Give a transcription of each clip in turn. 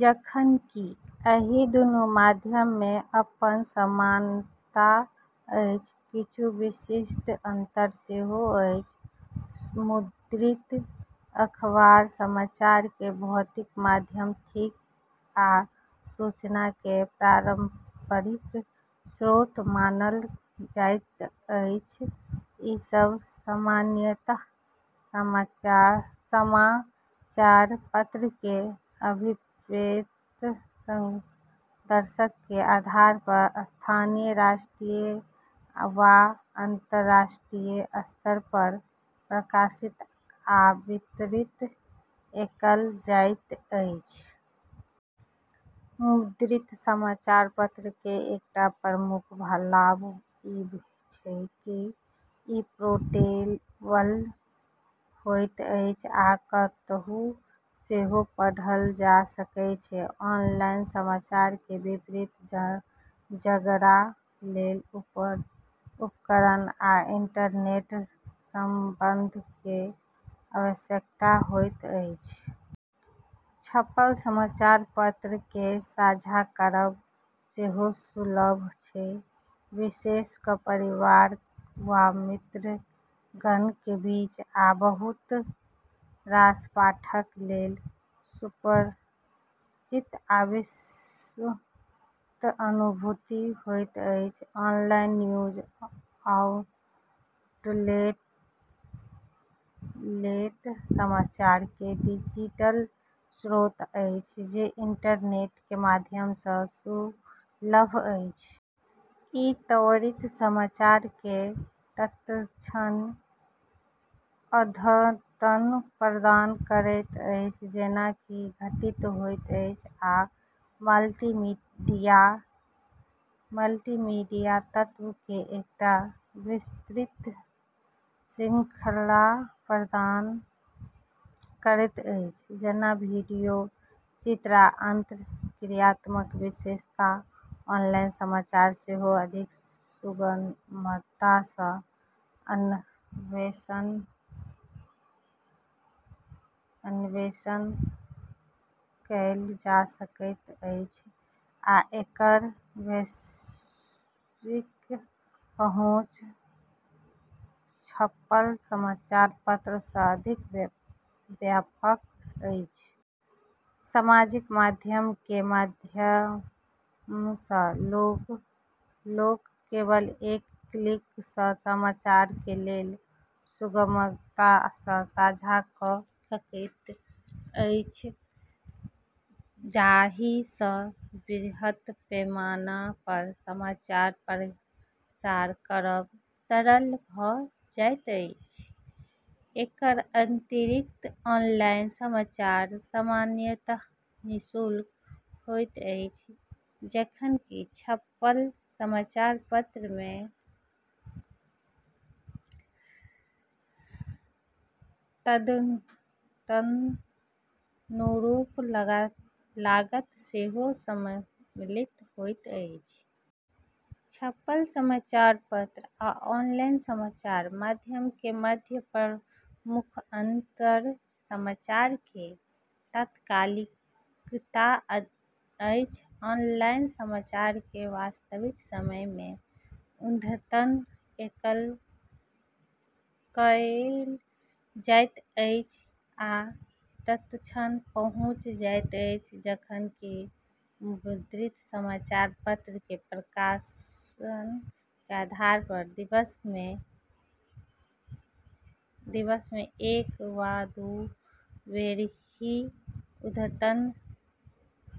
जखन कि एहि दुनू माध्यम में अपन समानता अछि, किछु विशिष्ट अंतर सेहो अछि। मुद्रित अखबार समाचार के भौतिक माध्यम थिक आ सूचना के पारंपरिक स्रोत मानल जाइत अछि। ई सब सामान्यतः समाचार-पत्र के अभिप्रेत दर्शक के आधार पर स्थानीय, राष्ट्रीय वा अंतर्राष्ट्रीय स्तर पर प्रकाशित आ वितरित कएल जाइत अछि। मुद्रित समाचार-पत्र के एकटा प्रमुख लाभ ई छै कि ई पोर्टेबल होइत अछि आ कतहुँ सेहो पढ़ल जा सकै छै, ऑनलाइन समाचार के विपरीत, जकरा लेल उपकरण आ इंटरनेट संबंध के आवश्यकता होइत अछि। छपल समाचार-पत्र के साझा करब सेहो सुलभ छै, विशेष कऽ परिवार वा मित्रगण के बीच, आ बहुत रास पाठक लेल सुपरिचित आ विश्वस्त अनुभूति होइत अछि। ऑनलाइन न्यूज आउटलेट समाचार के डिजिटल स्रोत अछि जे इंटरनेट के माध्यम सँ सुलभ अछि। ई त्वरित समाचार के तत्क्षण अद्यतन प्रदान करैत अछि जेंना कि घटित होइत अछि आ मल्टीमीडिया तत्व के एकटा विस्तृत शृंखला प्रदान करैत अछि, जेना वीडियो, चित्र, आ अंतःक्रियात्मक विशेषता। ऑनलाइन समाचार सेहो अधिक सुगमता सँ अन्वेषण कएल जा सकैत अछि आ एकर वैश्विक पहुँच छपल समाचार-पत्र सँ अधिक व्यापक अछि। सामाजिक माध्यम के माध्यम सँ लोक केवल एक क्लिक सँ समाचार के लेख सुगमता सँ साझा कऽ सकै छथि, जाहि सँ बृहत पैमाना पर समाचार प्रसार करब सरल भऽ जाइत अछि। एकर अतिरिक्त ऑनलाइन समाचार सामान्यतः निःशुल्क होइत अछि, जखन कि छपल समाचार-पत्र में तदनुरूप लागत सेहो सम्मिलित होइत अछि। छपल समाचार-पत्र आ ऑनलाइन समाचार माध्यम के मध्य प्रमुख अंतर समाचार के तात्कालिकता अछि। ऑनलाइन समाचार के वास्तविक समय मे अद्यतन कएल जाइत अछि आ तत्क्षण पहुँच जाइत अछि, जखन कि मुद्रित समाचार-पत्र के प्रकाशन के आधार पर दिवस में एक वा दू बेर ही अद्यतन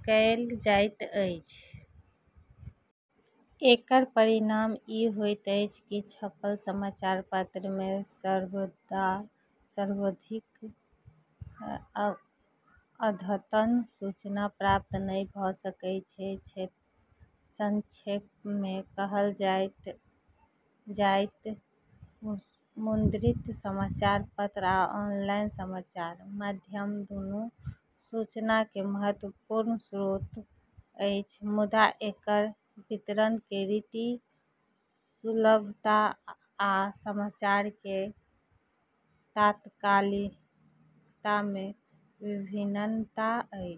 कएल जाइत अछि। एकर परिणाम ई होइत अछि कि छपल समाचार-पत्र में सर्वदा सर्वाधिक अद्यतन सूचना प्राप्त नहि भऽ सकै छै। संक्षेप में कहल जाय तँ मुद्रित समाचार-पत्र आ ऑनलाइन समाचार माध्यम दुनू सूचना के महत्त्वपूर्ण स्रोत अछि, मुदा एकर वितरण के रीति, सुलभता, आ समाचार के तात्कालिकता में विभिन्नता अछि।